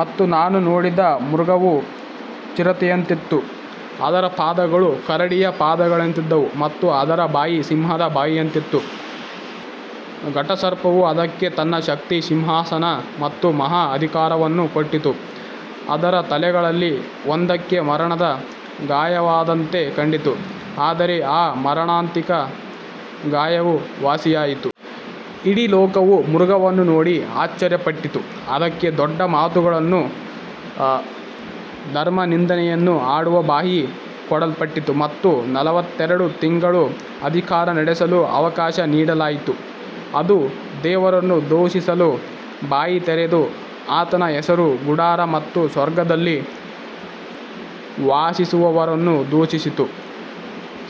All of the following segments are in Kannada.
ಮತ್ತು ನಾನು ನೋಡಿದ ಮೃಗವು ಚಿರತೆಯಂತಿತ್ತು, ಅದರ ಪಾದಗಳು ಕರಡಿಯ ಪಾದಗಳಂತಿದ್ದವು ಮತ್ತು ಅದರ ಬಾಯಿ ಸಿಂಹದ ಬಾಯಿಯಂತಿತ್ತು. ಘಟಸರ್ಪವು ಅದಕ್ಕೆ ತನ್ನ ಶಕ್ತಿ, ಸಿಂಹಾಸನ ಮತ್ತು ಮಹಾ ಅಧಿಕಾರವನ್ನು ಕೊಟ್ಟಿತು. ಅದರ ತಲೆಗಳಲ್ಲಿ ಒಂದಕ್ಕೆ ಮರಣದ ಗಾಯವಾದಂತೆ ಕಂಡಿತು, ಆದರೆ ಆ ಮಾರಣಾಂತಿಕ ಗಾಯವು ವಾಸಿಯಾಯಿತು. ಇಡೀ ಲೋಕವು ಮೃಗವನ್ನು ನೋಡಿ ಆಶ್ಚರ್ಯಪಟ್ಟಿತು. ಅದಕ್ಕೆ ದೊಡ್ಡ ಮಾತುಗಳನ್ನೂ ಧರ್ಮನಿಂದೆಯನ್ನೂ ಆಡುವ ಬಾಯಿ ಕೊಡಲ್ಪಟ್ಟಿತು ಮತ್ತು ನಲವತ್ತೆರಡು ತಿಂಗಳು ಅಧಿಕಾರ ನಡೆಸಲು ಅವಕಾಶ ನೀಡಲಾಯಿತು. ಅದು ದೇವರನ್ನು ದೂಷಿಸಲು ಬಾಯಿ ತೆರೆದು ಆತನ ಹೆಸರು, ಗುಡಾರ ಮತ್ತು ಸ್ವರ್ಗದಲ್ಲಿ ವಾಸಿಸುವವರನ್ನು ದೂಷಿಸಿತು.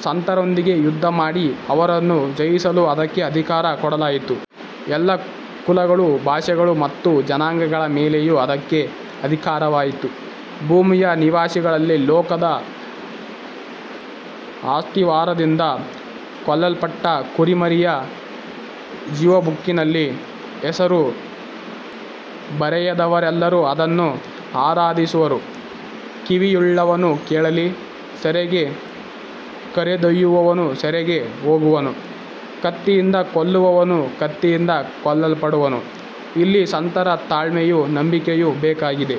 ಸಂತರೊಂದಿಗೆ ಯುದ್ಧಮಾಡಿ ಅವರನ್ನು ಜಯಿಸಲು ಅದಕ್ಕೆ ಅಧಿಕಾರ ಕೊಡಲಾಯಿತು. ಎಲ್ಲ ಕುಲಗಳು, ಭಾಷೆಗಳು ಮತ್ತು ಜನಾಂಗಗಳ ಮೇಲೆಯೂ ಅದಕ್ಕೆ ಅಧಿಕಾರವಾಯಿತು. ಭೂಮಿಯ ನಿವಾಸಿಗಳಲ್ಲಿ, ಲೋಕದ ಅಸ್ತಿವಾರದಿಂದ ಕೊಲ್ಲಲ್ಪಟ್ಟ ಕುರಿಮರಿಯ ಜೀವಬುಕ್ಕಿನಲ್ಲಿ ಹೆಸರು ಬರೆಯದವರೆಲ್ಲರೂ ಅದನ್ನು ಆರಾಧಿಸುವರು. ಕಿವಿಯುಳ್ಳವನು ಕೇಳಲಿ. ಸೆರೆಗೆ ಕರೆದೊಯ್ಯುವವನು ಸೆರೆಗೆ ಹೋಗುವನು, ಕತ್ತಿಯಿಂದ ಕೊಲ್ಲುವವನು ಕತ್ತಿಯಿಂದ ಕೊಲ್ಲಲ್ಪಡುವನು. ಇಲ್ಲಿ ಸಂತರ ತಾಳ್ಮೆಯೂ ನಂಬಿಕೆಯೂ ಬೇಕಾಗಿದೆ.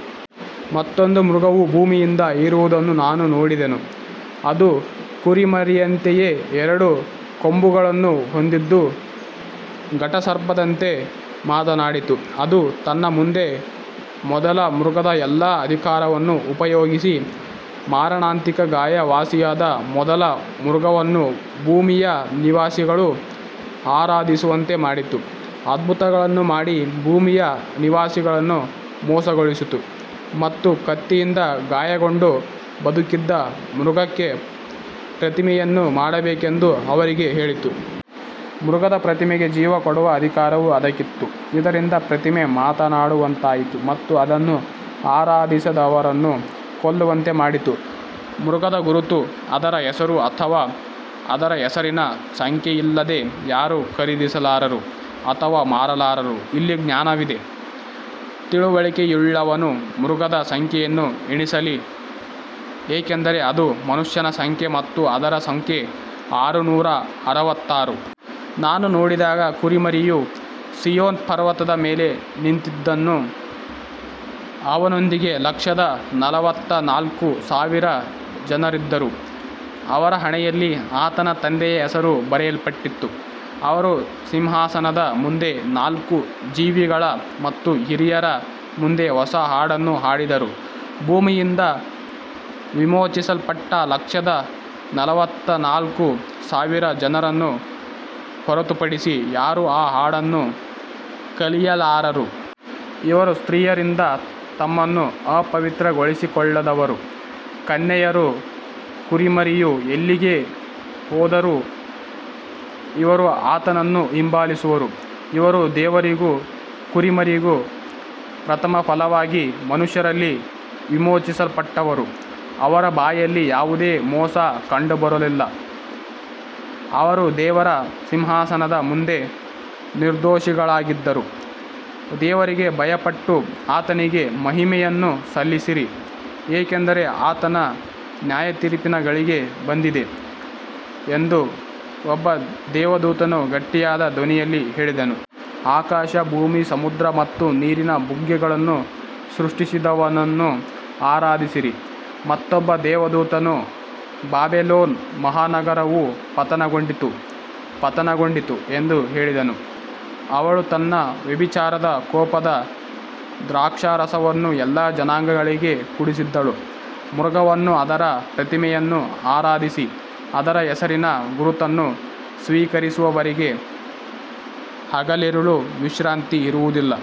ಮತ್ತೊಂದು ಮೃಗವು ಭೂಮಿಯಿಂದ ಏರುವುದನ್ನು ನಾನು ನೋಡಿದೆನು. ಅದು ಕುರಿಮರಿಯಂತೆಯೇ ಎರಡು ಕೊಂಬುಗಳನ್ನು ಹೊಂದಿದ್ದು ಘಟಸರ್ಪದಂತೆ ಮಾತನಾಡಿತು. ಅದು ತನ್ನ ಮುಂದೆ ಮೊದಲ ಮೃಗದ ಎಲ್ಲಾ ಅಧಿಕಾರವನ್ನು ಉಪಯೋಗಿಸಿ, ಮಾರಣಾಂತಿಕ ಗಾಯ ವಾಸಿಯಾದ ಮೊದಲ ಮೃಗವನ್ನು ಭೂಮಿಯ ನಿವಾಸಿಗಳು ಆರಾಧಿಸುವಂತೆ ಮಾಡಿತು. ಅದ್ಭುತಗಳನ್ನು ಮಾಡಿ ಭೂಮಿಯ ನಿವಾಸಿಗಳನ್ನು ಮೋಸಗೊಳಿಸಿತು ಮತ್ತು ಕತ್ತಿಯಿಂದ ಗಾಯಗೊಂಡು ಬದುಕಿದ್ದ ಮೃಗಕ್ಕೆ ಪ್ರತಿಮೆಯನ್ನು ಮಾಡಬೇಕೆಂದು ಅವರಿಗೆ ಹೇಳಿತು. ಮೃಗದ ಪ್ರತಿಮೆಗೆ ಜೀವ ಕೊಡುವ ಅಧಿಕಾರವೂ ಅದಕ್ಕಿತ್ತು, ಇದರಿಂದ ಪ್ರತಿಮೆ ಮಾತನಾಡುವಂತಾಯಿತು ಮತ್ತು ಅದನ್ನು ಆರಾಧಿಸದವರನ್ನು ಕೊಲ್ಲುವಂತೆ ಮಾಡಿತು. ಮೃಗದ ಗುರುತು, ಅದರ ಹೆಸರು ಅಥವಾ ಅದರ ಹೆಸರಿನ ಸಂಖ್ಯೆಯಿಲ್ಲದೆ ಯಾರೂ ಖರೀದಿಸಲಾರರು ಅಥವಾ ಮಾರಲಾರರು. ಇಲ್ಲಿ ಜ್ಞಾನವಿದೆ. ತಿಳುವಳಿಕೆಯುಳ್ಳವನು ಮೃಗದ ಸಂಖ್ಯೆಯನ್ನು ಎಣಿಸಲಿ, ಏಕೆಂದರೆ ಅದು ಮನುಷ್ಯನ ಸಂಖ್ಯೆ ಮತ್ತು ಅದರ ಸಂಖ್ಯೆ ಆರುನೂರ ಅರವತ್ತಾರು. ನಾನು ನೋಡಿದಾಗ ಕುರಿಮರಿಯು ಸೀಯೋನ್ ಪರ್ವತದ ಮೇಲೆ ನಿಂತಿದ್ದನು. ಅವನೊಂದಿಗೆ ಲಕ್ಷದ ನಲವತ್ತನಾಲ್ಕು ಸಾವಿರ ಜನರಿದ್ದರು. ಅವರ ಹಣೆಯಲ್ಲಿ ಆತನ ತಂದೆಯ ಹೆಸರು ಬರೆಯಲ್ಪಟ್ಟಿತ್ತು. ಅವರು ಸಿಂಹಾಸನದ ಮುಂದೆ, ನಾಲ್ಕು ಜೀವಿಗಳ ಮತ್ತು ಹಿರಿಯರ ಮುಂದೆ ಹೊಸ ಹಾಡನ್ನು ಹಾಡಿದರು. ಭೂಮಿಯಿಂದ ವಿಮೋಚಿಸಲ್ಪಟ್ಟ ಲಕ್ಷದ ನಲವತ್ತನಾಲ್ಕು ಸಾವಿರ ಜನರನ್ನು ಹೊರತುಪಡಿಸಿ ಯಾರೂ ಆ ಹಾಡನ್ನು ಕಲಿಯಲಾರರು. ಇವರು ಸ್ತ್ರೀಯರಿಂದ ತಮ್ಮನ್ನು ಅಪವಿತ್ರಗೊಳಿಸಿಕೊಳ್ಳದವರು, ಕನ್ಯೆಯರು. ಕುರಿಮರಿಯು ಎಲ್ಲಿಗೆ ಹೋದರೂ ಇವರು ಆತನನ್ನು ಹಿಂಬಾಲಿಸುವರು. ಇವರು ದೇವರಿಗೂ ಕುರಿಮರಿಗೂ ಪ್ರಥಮಫಲವಾಗಿ ಮನುಷ್ಯರಲ್ಲಿ ವಿಮೋಚಿಸಲ್ಪಟ್ಟವರು. ಅವರ ಬಾಯಲ್ಲಿ ಯಾವುದೇ ಮೋಸ ಕಂಡುಬರಲಿಲ್ಲ, ಅವರು ದೇವರ ಸಿಂಹಾಸನದ ಮುಂದೆ ನಿರ್ದೋಷಿಗಳಾಗಿದ್ದರು. ದೇವರಿಗೆ ಭಯಪಟ್ಟು ಆತನಿಗೆ ಮಹಿಮೆಯನ್ನು ಸಲ್ಲಿಸಿರಿ, ಏಕೆಂದರೆ ಆತನ ನ್ಯಾಯತೀರ್ಪಿನ ಗಳಿಗೆ ಬಂದಿದೆ ಎಂದು ಒಬ್ಬ ದೇವದೂತನು ಗಟ್ಟಿಯಾದ ಧ್ವನಿಯಲ್ಲಿ ಹೇಳಿದನು. ಆಕಾಶ, ಭೂಮಿ, ಸಮುದ್ರ ಮತ್ತು ನೀರಿನ ಬುಗ್ಗೆಗಳನ್ನು ಸೃಷ್ಟಿಸಿದವನನ್ನು ಆರಾಧಿಸಿರಿ. ಮತ್ತೊಬ್ಬ ದೇವದೂತನು, ಬಾಬೆಲೋನ್ ಮಹಾನಗರವು ಪತನಗೊಂಡಿತು, ಪತನಗೊಂಡಿತು ಎಂದು ಹೇಳಿದನು. ಅವಳು ತನ್ನ ವ್ಯಭಿಚಾರದ ಕೋಪದ ದ್ರಾಕ್ಷಾರಸವನ್ನು ಎಲ್ಲಾ ಜನಾಂಗಗಳಿಗೆ ಕುಡಿಸಿದ್ದಳು. ಮೃಗವನ್ನೂ ಅದರ ಪ್ರತಿಮೆಯನ್ನೂ ಆರಾಧಿಸಿ ಅದರ ಹೆಸರಿನ ಗುರುತನ್ನು ಸ್ವೀಕರಿಸುವವರಿಗೆ ಹಗಲಿರುಳು ವಿಶ್ರಾಂತಿ ಇರುವುದಿಲ್ಲ.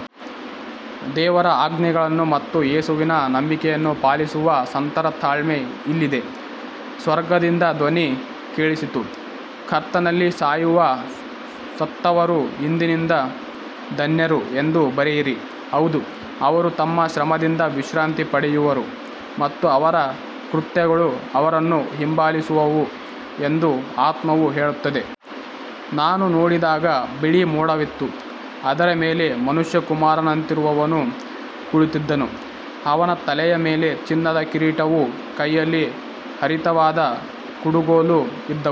ದೇವರ ಆಜ್ಞೆಗಳನ್ನು ಮತ್ತು ಯೇಸುವಿನ ನಂಬಿಕೆಯನ್ನು ಪಾಲಿಸುವ ಸಂತರ ತಾಳ್ಮೆ ಇಲ್ಲಿದೆ. ಸ್ವರ್ಗದಿಂದ ಧ್ವನಿ ಕೇಳಿಸಿತು, ಕರ್ತನಲ್ಲಿ ಸಾಯುವ ಸತ್ತವರು ಇಂದಿನಿಂದ ಧನ್ಯರು ಎಂದು ಬರೆಯಿರಿ. ಹೌದು, ಅವರು ತಮ್ಮ ಶ್ರಮದಿಂದ ವಿಶ್ರಾಂತಿ ಪಡೆಯುವರು ಮತ್ತು ಅವರ ಕೃತ್ಯಗಳು ಅವರನ್ನು ಹಿಂಬಾಲಿಸುವವು ಎಂದು ಆತ್ಮವು ಹೇಳುತ್ತದೆ. ನಾನು ನೋಡಿದಾಗ ಬಿಳಿ ಮೋಡವಿತ್ತು. ಅದರ ಮೇಲೆ ಮನುಷ್ಯಕುಮಾರನಂತಿರುವವನು ಕುಳಿತಿದ್ದನು. ಅವನ ತಲೆಯ ಮೇಲೆ ಚಿನ್ನದ ಕಿರೀಟವೂ ಕೈಯಲ್ಲಿ ಹರಿತವಾದ ಕುಡುಗೋಲೂ ಇದ್ದವು.